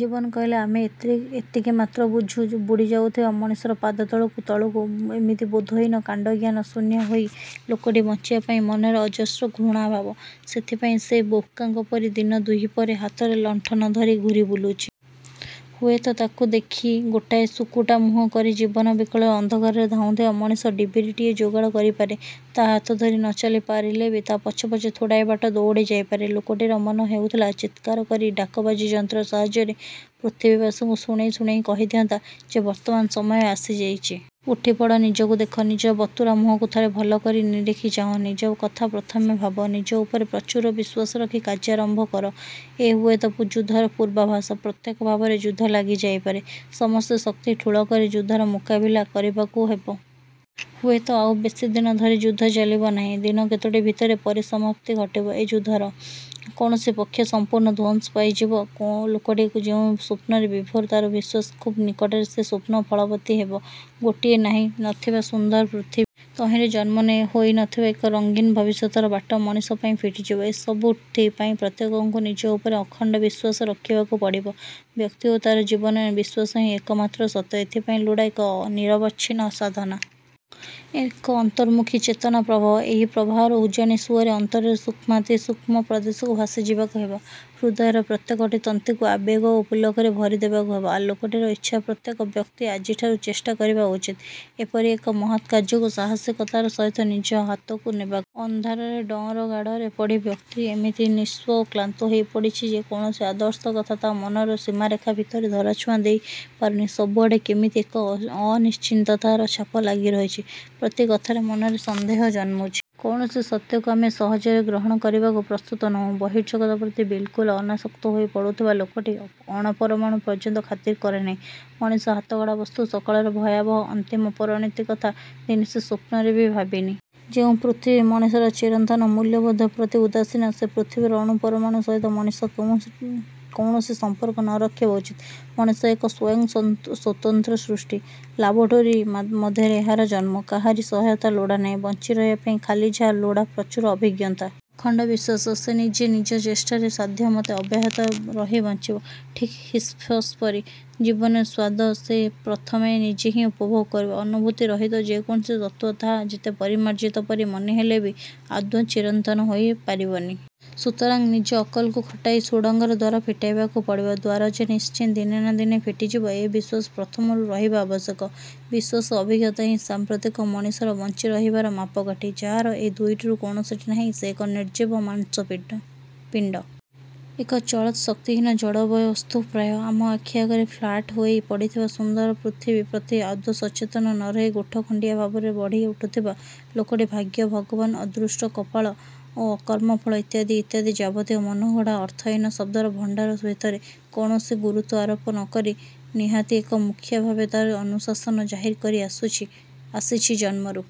ଜୀବନ କହିଲେ ଆମେ ଏତିକି ମାତ୍ର ବୁଝୁ। ବୁଡ଼ି ଯାଉଥିବା ମଣିଷର ପାଦ ତଳକୁ ତଳକୁ। ଏମିତି ବୋଧହୀନ, କାଣ୍ଡଜ୍ଞାନ ଶୂନ୍ୟ ହୋଇ ଲୋକଟି ବଞ୍ଚିବା ପାଇଁ ମନରେ ଅଜସ୍ର ଘୃଣାଭାବ। ସେଇଥିପାଇଁ ସେ ବୋକାଙ୍କ ପରି ଦିନ ଦ୍ୱିପ୍ରହରେ ହାତରେ ଲଣ୍ଠନ ଧରି ଘୂରି ବୁଲୁଛି-। ହୁଏତ ତାକୁ ଦେଖି ଗୋଟାଏ ଶୁକୁଟା ମୁହଁ କରି ଜୀବନ ବିକଳରେ ଅନ୍ଧକାରରେ ଧାଉଁଥିବା ମଣିଷ ଡିବିରିଟିଏ ଯୋଗାଡ଼ କରିପାରେ। ତା' ହାତଧରି ନ ଚାଲି ପାରିଲେବି ତା' ପଛେପଛ ଥୋଡ଼ାଏ ବାଟ ଦଉଡ଼ି ଯାଇପାରେ। ଲୋକଟିର ମନ ହେଉଥିଲା ଚିତ୍କାର କରି ଡାକବାଜି ଯନ୍ତ୍ର ସାହାଯ୍ୟରେ ପୃଥିବୀବାସୀଙ୍କୁ ଶୁଣେଇ ଶୁଣେଇ କହି ଦିଅନ୍ତା ଯେ ''ବର୍ତ୍ତମାନ ସମୟ ଆସିଯାଇଛି-। ଉଠିପଡ଼! ନିଜକୁ ଦେଖ। ନିଜ ବତୁରା ମୁହଁକୁ ଥରେ ଭଲ କରି ନିରେଖି ଚାହଁ। ନିଜ କଥା ପ୍ରଥମେ ଭାବ। ନିଜ ଉପରେ ପ୍ରଚୁର ବିଶ୍ୱାସ ରଖି କାର୍ଯ୍ୟାରମ୍ଭ କର। ଏ ହୁଏତ ଯୁଦ୍ଧର ପୂର୍ବାଭାସ-! ପ୍ରତ୍ୟକ୍ଷ ଭାବରେ ଯୁଦ୍ଧ ଲାଗି ଯାଇପାରେ। ସମସ୍ତ ଶକ୍ତି ଠୁଳ କରି ଯୁଦ୍ଧର ମୁକାବିଲା କରିବାକୁ ହେବ।। ହୁଏତ ଆଉ ବେଶୀଦିନ ଧରି ଯୁଦ୍ଧ ଚାଲିବ ନାହିଁ। ଦିନ କେତୋଟି ଭିତରେ ପରିସମାପ୍ତି ଘଟିବ। ଏଯୁଦ୍ଧରେ ଯେକୌଣସି ପକ୍ଷ ସମ୍ପୂର୍ଣ୍ଣ ଧ୍ୱଂସ ପାଇଯିବ। '' ଲୋକଟି ଯେଉଁ ସ୍ୱପ୍ନରେ ବିଭୋର, ତା'ର ବିଶ୍ୱାସ ଖୁବ୍ ନିକଟରେ ସେ ସ୍ୱପ୍ନ ଫଳବତୀ ହେବ। ଗୋଟିଏ ନାହିଁ ନଥିବା ସୁନ୍ଦର ପୃଥିବୀ। ତହିଁରେ ଜନ୍ମ ହୋଇନଥିବା ଏକ ରଙ୍ଗୀନ ଭବିଷ୍ୟତର ବାଟ ମଣିଷ ପାଇଁ ଫିଟିଯିବ। ଏ ସବୁଥି ପାଇଁ ପ୍ରତ୍ୟେକଙ୍କୁ ନିଜ ଉପରେ ଅଖଣ୍ଡ ବିଶ୍ୱାସ ରଖିବାକୁ ପଡ଼ିବ। ବ୍ୟକ୍ତି ଓ ତା'ର ଜୀବନର ବିଶ୍ୱାସ ହିଁ ଏକମାତ୍ର ସତ୍ୟ। ଏଥିପାଇଁ ଲୋଡ଼ା ଏକ ନିରବଚ୍ଛିନ୍ନ ସାଧନା। ଏକ ଅନ୍ତର୍ମୁଖୀ ଚେତନା ପ୍ରବାହ। ଏଇ ପ୍ରବାହର ଉଜାଣି ସୁଅରେ ଅନ୍ତରର ସୂକ୍ଷ୍ମାତିସୂକ୍ଷ୍ମ ପ୍ରଦେଶକୁ ଭାସି ଯିବାକୁ ହେବ। ହୃଦୟର ପ୍ରତ୍ୟେକଟି ତନ୍ତ୍ରୀକୁ ଆବେଗ ଓ ପୁଲକରେ ଭରି ଦେବାକୁ ହେବ। ଲୋକଟିର ଇଚ୍ଛା ପ୍ରତ୍ୟେକ ବ୍ୟକ୍ତି ଆଜିଠାରୁ ଚେଷ୍ଟା କରିବା ଉଚିତ, ଏପରି ଏକ ମହତ୍ କାର୍ଯ୍ୟକୁ ସାହସୀକତାର ସହିତ ନିଜ ହାତକୁ ନେବାକୁ। ଅନ୍ଧାରର ଡଅଁର ଗାଡ଼ରେ ପଡ଼ି ବ୍ୟକ୍ତି ଏମିତି ନିଃସ୍ୱ ଓ କ୍ଳାନ୍ତ ହୋଇ ପଡ଼ିଛି ଯେ କୌଣସି ଆଦର୍ଶ କଥା ତା' ମନର ସୀମାରେଖା ଭିତରେ ଧରାଛୁଆଁ ଦେଇ ପାରୁନି। ସବୁଆଡ଼େ କେମିତି ଏକ ଅନିଶ୍ଚିତତାର ଛାପ ଲାଗି ରହିଛି। ପ୍ରତି କଥାରେ ମନରେ ସନ୍ଦେହ ଜନ୍ମୁଛି। କୌଣସି ସତ୍ୟକୁ ଆମେ ସହଜରେ ଗ୍ରହଣ କରିବାକୁ ପ୍ରସ୍ତୁତ ନୋହୁଁ। ବର୍ହିଃଜଗତ ପ୍ରତି ବିଲ୍କୁଲ୍ ଅନାସକ୍ତ ହୋଇ ପଡ଼ୁଥିବା ଲୋକଟି ଅଣୁପରମାଣୁ ପର୍ଯ୍ୟନ୍ତ ଖାତିର କରେ ନାହିଁ। ମଣିଷ ହାତଗଢ଼ା ବସ୍ତୁ ସକଳର ଭୟାବହ ଅନ୍ତିମ ପରିଣତି କଥା ଦିନେ ସେ ସ୍ୱପ୍ନରେ ବି ଭାବିନି। ଯେଉଁ ପୃଥିବୀ ମଣିଷର ଚିରନ୍ତନ ମୂଲ୍ୟବୋଧ ପ୍ରତି ଉଦାସୀନ, ସେ ପୃଥିବୀର ଅଣୁ ପରମାଣୁ ସହିତ ମଣିଷ କୌଣସି ସମ୍ପର୍କ ନରଖିବା ଉଚିତ। ମଣିଷ ଏକ ସ୍ୱୟଂ ସ୍ୱତନ୍ତ୍ର ସୃଷ୍ଟି। ଲାବୋରେଟାରୀ ମଧ୍ୟରେ ଏହାର ଜନ୍ମ। କାହାରି ସହାୟତା ଲୋଡ଼ାନାହିଁ। ବଞ୍ଚି ରହିବା ପାଇଁ ଖାଲି ଯାହା ଲୋଡ଼ା ପ୍ରଚୁର ଅଭିଜ୍ଞତା। ଅଖଣ୍ଡ ବିଶ୍ୱାସ। ସେ ନିଜେ ନିଜ ଚେଷ୍ଟାରେ ସାଧ୍ୟମତେ ଅବ୍ୟାହତ ରହି ବଞ୍ଚିବ, ଠିକ୍ ହିସିଫସ୍ ପରି। ଜୀବନର ସ୍ୱାଦୁ ସେ ପ୍ରଥମେ ନିଜେହିଁ ଉପଭୋଗ କରିବ। ଅନୁଭୂତି ରହିତ ଯେକୌଣସି ତତ୍ତ୍ୱ, ତାହା ଯେତେ ପରିମାର୍ଜିତ ପରି ମନେହେଲେ ବି ଆଦୌ ଚିରନ୍ତନ ହୋଇ ପାରିବନି। ସୁତରାଂ ନିଜ ଅକଲକୁ ଖଟାଇ ସୁଡ଼ଙ୍ଗର ଦ୍ୱାର ଫିଟେଇବାକୁ ପଡ଼ିବ। ଦ୍ୱାର ଯେ ନିଶ୍ଚେ ଦିନେ ନା ଦିନେ ଫିଟିଯିବ, ଏ ବିଶ୍ୱାସ ପ୍ରଥମରୁ ରହିବା ଆବଶ୍ୟକ। ବିଶ୍ୱାସ ଓ ଅଭିଜ୍ଞତା ହିଁ ସାଂପ୍ରତିକ ମଣିଷର ବଞ୍ଚି ରହିବାର ମାପକାଠି। ଯାହାର ଏ ଦୁଇଟିରୁ କୌଣସିଟି ନାହିଁ, ସେ ଏକ ନିର୍ଜୀବ ମାଂସପିଣ୍ଡ। ଏକ ଚଳତ୍ ଶକ୍ତିହୀନ ଜଡ଼ବସ୍ତୁ ପ୍ରାୟ। ଆମ ଆଖି ଆଗରେ ଫ୍ଲାଟ ହୋଇ ପଡ଼ିଥିବା ସୁନ୍ଦର ପୃଥିବୀ ପ୍ରତି ଆଦୌ ସଚେତନ ନରହି ଗୋଠଖଣ୍ଡିଆ ଭାବରେ ବଢ଼ି ଉଠୁଥିବା ଲୋକଟି ଭାଗ୍ୟ, ଭଗବାନ, ଅଦୃଷ୍ଟ କପାଳ, କର୍ମଫଳ ଇତ୍ୟାଦି ଇତ୍ୟାଦି ଯାବତୀୟ ମନଗଢ଼ା ଅର୍ଥହୀନ ଶବ୍ଦର ଭଣ୍ଡାର ଭିତରେ କୌଣସି ଗୁରୁତ୍ୱ ଆରୋପ ନକରି ନିହାତି ଏକ ମୁଖିଆ ଭାବେ ତା'ର ଅନୁଶାସନ ଜାହିର୍ କରି ଆସିଛି ଜନ୍ମରୁ।